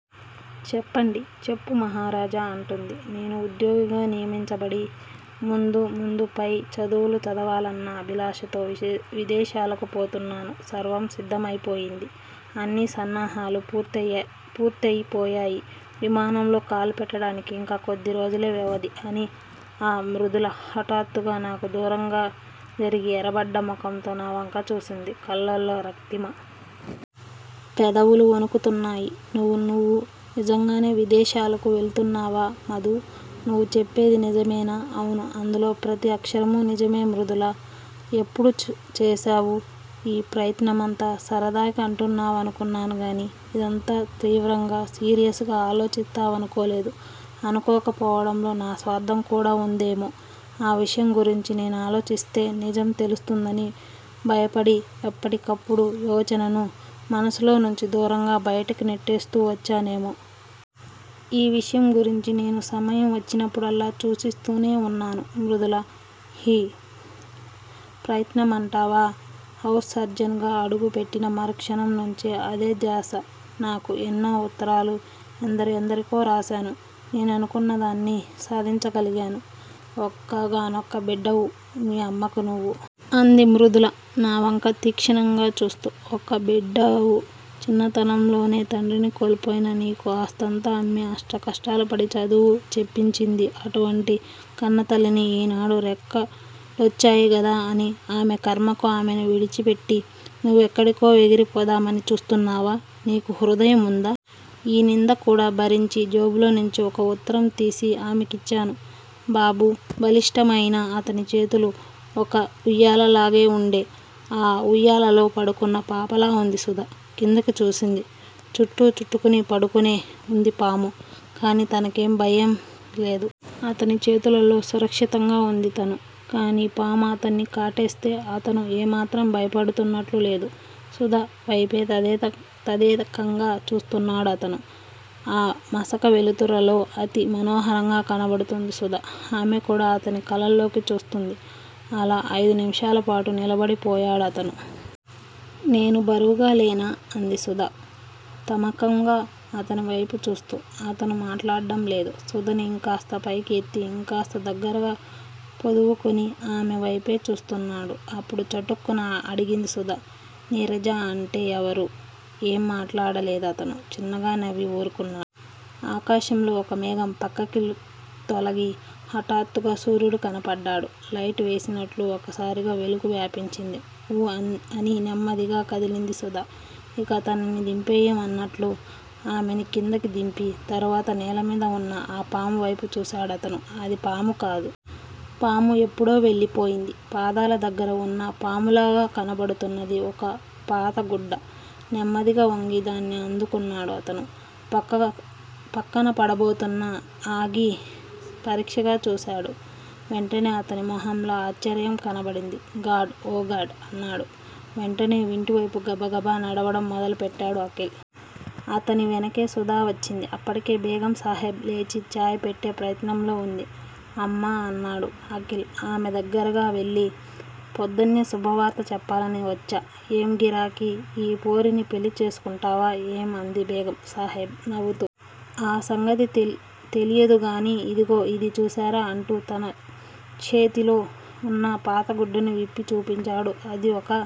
చెప్పండి. చెప్పు మహారాజా' అంటుంది నేను ఉద్యోగిగా నియమించబడి, ముందు ముందు పై చదువులు చదవాలన్న అభిలాషతో విదేశాలకు పోతున్నాను. సర్వం సిద్ధమైపోయింది. అన్ని సన్నాహాలూ పూర్తయి పూర్తయిపోయాయి. విమానంలో కాలు పెట్టటానికి యింకా కొద్ది రోజులే వ్యవధి అని ఆ! మృదుల హఠాత్తుగా నాకు దూరంగా జరిగి ఎర్రబడ్డ ముఖంతో నా వంక చూసింది, కళ్ళలో రక్తిమ. పెదవులు వొణుకుతున్నాయి. నువ్వు నువ్వు నిజంగానే విదేశాలకు వెళుతున్నావా మధూ! నువ్వు చెప్పేది నిజమేనా? అవును. అందులో ప్రతి అక్షరమూ నిజమే మృదులా! ఎప్పుడు చేశావు యీ ప్రయత్నమంతా? సరదాకి అంటున్నావనుకున్నానుగాని యిదంత తీవ్రంగా, సీరియస్ గా ఆలోచిస్తావనుకోలేదు. అనుకోక పోవడంలో నా స్వార్ధంకూడా వుందేమో! ఆ విషయం గురించి నేనాలోచిస్తే నిజం తెలుస్తుందని, భయపడి ఎప్పటి కప్పుడు యోచనను మనసులో నుంచి దూరంగా బయటకు నెట్టేస్తూ వచ్చానేమో! ఈ విషయం గురించి నేను సమయం వచ్చినప్పుడల్లా సూచిస్తూనే వున్నాను మృదులా! హి ప్రయత్నమంటావా? హౌస్ సర్జన్ గా అడుగు పెట్టిన మరుక్షణం నుంచి అదే ధ్యాస నాకు. ఎన్నో ఉత్తరాలు, ఎందరెందరికో రాశాను. నేననుకున్నదాన్ని సాధించగలిగాను. ఒక్కగా నొక్క బిడ్డవు మీ అమ్మకు నువు. అంది మృదుల నా వంక తీక్షణంగా చూస్తూ. ఒక్క బిడ్డవు. చిన్నతనంలోనే తండ్రిని కోల్పోయిన నీకు ఆస్తంతా అమ్మి అష్టకష్టాలు పడి చదువు చెప్పించింది. అటువంటి కన్నతల్లిని ఈనాడు రెక్క లొచ్చాయిగదా అని ఆమె కర్మకు ఆమెను విడిచిపెట్టి నువ్వెక్కడికో ఎగిరిపోదామని చూస్తున్నావా? నీకు హృదయం వుందా? ఈ నింద కూడా భరించి జేబులోంచి ఒక ఉత్తరం తీసి ఆమెకిచ్చాను. బాబూ! బలిష్టమైన అతని చేతులు ఒక ఉయ్యాలలాగే వుంటే ఆ ఉయ్యాలలో పడుకున్న పాపలా వుంది సుధ. కిందకి చూసింది. చుట్ట చుట్టుకుని పడుకునే వుంది పాము. కానీ తనకేం భయం లేదు. అతని చేతులలో సురక్షితంగా ఉంది తను. కానీ పాము అతన్ని కాటేస్తే అతను ఏమాత్రం భయపడుతున్నట్లు లేదు. సుధ వైపే తదేకంగా చూస్తున్నాడు అతను. ఆ మసక వెలుతుర్లో అతి మనోహరంగా కనబడుతోంది సుధ. ఆమె కూడా అతని కళ్ళల్లోకి చూస్తుంది. అలా అయిదు నిమిషాలపాటు నిలబడిపోయాడు అతను. నేను బరువుగా లేనా? అంది సుధ తమకంగా అతని వైపు చూస్తూ. అతను మాట్లాడడం లేదు. సుధని ఇంకాస్త పైకి ఎత్తి ఇంకాస్త దగ్గరగా పొదువుకుని ఆమె వైపే చూస్తున్నాడు. అప్పుడు చటుక్కున అడిగింది సుధ. నీరజ అంటే ఎవరు? ఏం మాట్లాడలేదు అతను. చిన్నగా నవ్వి ఊరుకున్నాడు. ఆకాశంలో ఒక మేఘం పక్కకి తొలగి హఠాత్తుగా సూర్యుడు కనబడ్డాడు. లైట్ వేసినట్లు ఒక్కసారిగా వెలుగు వ్యాపించింది. ఊ అని నెమ్మదిగా కదిలింది సుధ. ఇక తనని దింపెయ్యమన్నట్లు. ఆమెని కిందకి దింపి తరువాత నేలమీద వున్న ఆ 'పాము' వేపు చూశాడు అతను. అది పాము కాదు. పాము ఎప్పుడో వెళ్ళిపోయింది. పాదాల దగ్గర వున్న పాములాగా కనబడుతున్నది ఒక పాత గుడ్డ. నెమ్మదిగా వంగి దాన్ని అందుకున్నాడు అతను. పక్కన పడబోతున్న ఆగి పరీక్షగా చూశాడు. వెంటనే అతని మొహంలో ఆశ్చర్యం కనబడింది. God oh God! అన్నాడు. వెంటనే ఇంటివేపు గబగబా నడవడం మొదలు పెట్టాడు అఖిల్. అతని వెనుకే సుధ వచ్చింది. అప్పటికే బేగం సాహెబ్ లేచీ చాయ్ పెట్టే ప్రయత్నంలో వుంది. అమ్మా అన్నాడు అఖిల్ ఆమె దగ్గరగా వెళ్ళి. పొద్దునే శుభవార్త చెప్పాలని వచ్చా! ఏం గిరాకీ! ఈ పోరిని పెళ్ళి చేసుకుంటున్నావా ఏం? అంది బేగం సాహెబ్ నవ్వుతూ. ఆ సంగతి తెలీయదుగానీ ఇదిగో ఇది చూశారా? అంటూ తన చేతిలో వున్న పాతగుడ్డని విప్పి చూపించాడు. అది ఒక